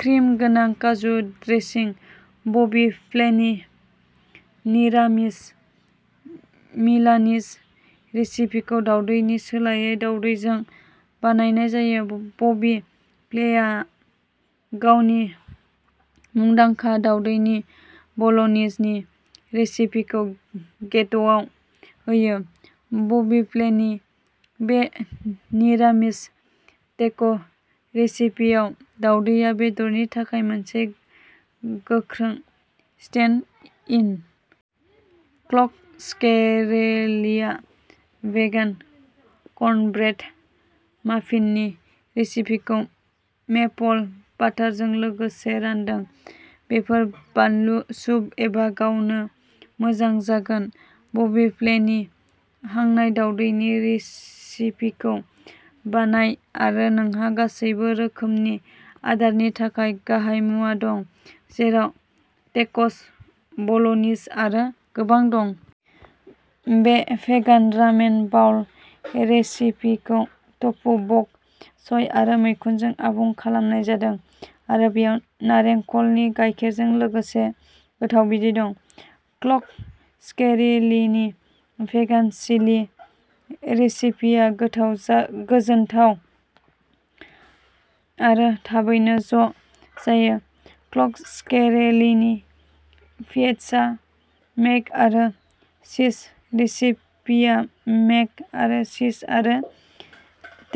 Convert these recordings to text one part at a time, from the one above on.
Cream गोनां काजु dressing. बबि फ्लेनि निरामिस मिलानिज रेसिपिखौ दावदैनि सोलायै दावदैजों बानायनाय जायो। बबि फ्लेआ गावनि मुंदांखा दावदैनि बल'नीजनि रेसिपिखौ गेत'आव होयो। बबि फ्लेनि बे निरामिस टेक' रेसिपिआव, दावदैया बेदरनि थाखाय मोनसे गोख्रों स्टेन्ड इन। क्ल'कस्केरेलिआ भेगान कर्नब्रेड माफिननि रेसिपिखौ मेपल बाटारजों लोगोसे रानदों। बेफोर बानलु, सुप एबा गावनो मोजां जागोन। बबि फ्लेनि हांनाय दावदैनि रेसिपिखौ बानाय आरो नोंहा गासैबो रोखोमनि आदारनि थाखाय गाहाय मुवा दं, जेराव टेक'स, बल'नीज आरो गोबां दं। बे भेगान रामेन बाउल रेसिपिखौ टफु, बक च'य आरो मैखुनजों आबुं खालामनाय जादों आरो बेयाव नारेंखलनि गायखेरजों लोगोसे गोथाव बिदै दं। क्ल'कस्केरेलिनि भेगान चिलि रेसिपिया गोथाव, गोजोनथाव आरो थाबैनो ज' जायो। क्ल'कस्केरेलिनि फिएस्टा मेक आरो चीज रेसिपिया मेक आरो चीज आरो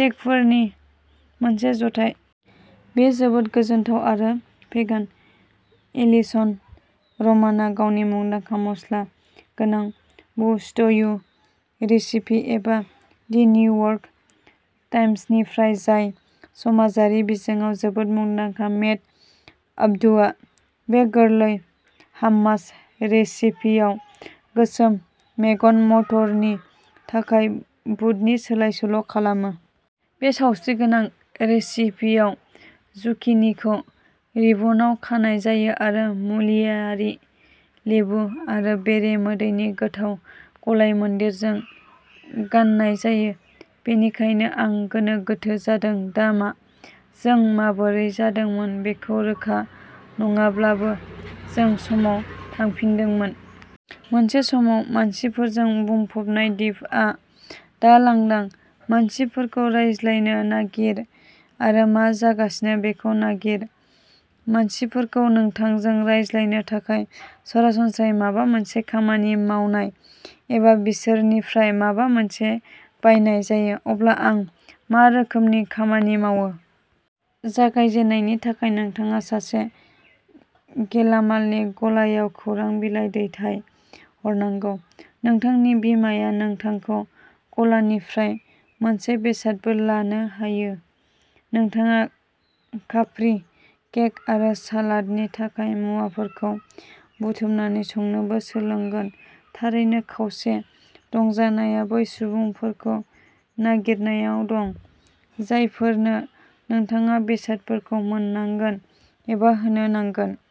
टेक'फोरनि मोनसे जथाय। बेयो जोबोद गोजोनथाव आरो भेगान! एलिसन रमानआ गावनि मुंदांखा मस्ला गोनां बु स्ट्यु रेसिपि एबा दि निउयर्क टाइम्सनिफ्राय जाय समाजारि बिजोङाव जोबोद मुंदांखा। मेट आब्दुआ बे गोरलै हाम्मास रेसिपिआव गोसोम मेगन मटरनि थाखाय बुदनि सोलाय सोल' खालामो। बे सावस्रिगोनां रेसिपिआव, जुकिनिखौ रिबनआव खानाय जायो आरो मुलियारि, लेबु आरो बेरे मोदैनि गोथाव गलायमोन्देरजों गाननाय जायो। बेनिखायनो आं गोनो गोथो जादों, दा मा? जों माबोरै जादोंमोन बेखौ रोखा नङाब्लाबो, जों समाव थांफिनदोंमोन। मोनसे समाव मानसिफोरजों बुंफबनाय दिपआ दा लांदां। मानसिफोरखौ रायज्लायनो नागिर आरो मा जागासिनो बेखौ नागिर। मानसिफोरखौ नोंथांजों रायज्लायनो थाखाय सरासनस्रायै माबा मोनसे खामानि मावनाय एबा बिसोरनिफ्राय माबा मोनसे बायनाय जायो। अब्ला आं मा रोखोमनि खामानि मावो? जागायजेननायनि थाखाय नोंथाङा सासे गेलामालनि गलायाव खौरां बिलाइ दैथाय हरनांगौ। नोंथांनि बिमाया नोंथांखौ गलानिफ्राय मोनसे बेसादबो लानो होयो। नोंथाङा काप्रि केक आरो सालादनि थाखाय मुवाफोरखौ बुथुमनानै संनोबो सोलोंगोन! थारैनो, खावसे रंजानायआ बै सुबुंफोरखौ नागिरनायाव दं, जायफोरनो नोंथाङा बेसादफोरखौ मोननांगोन एबा होनो नांगोन।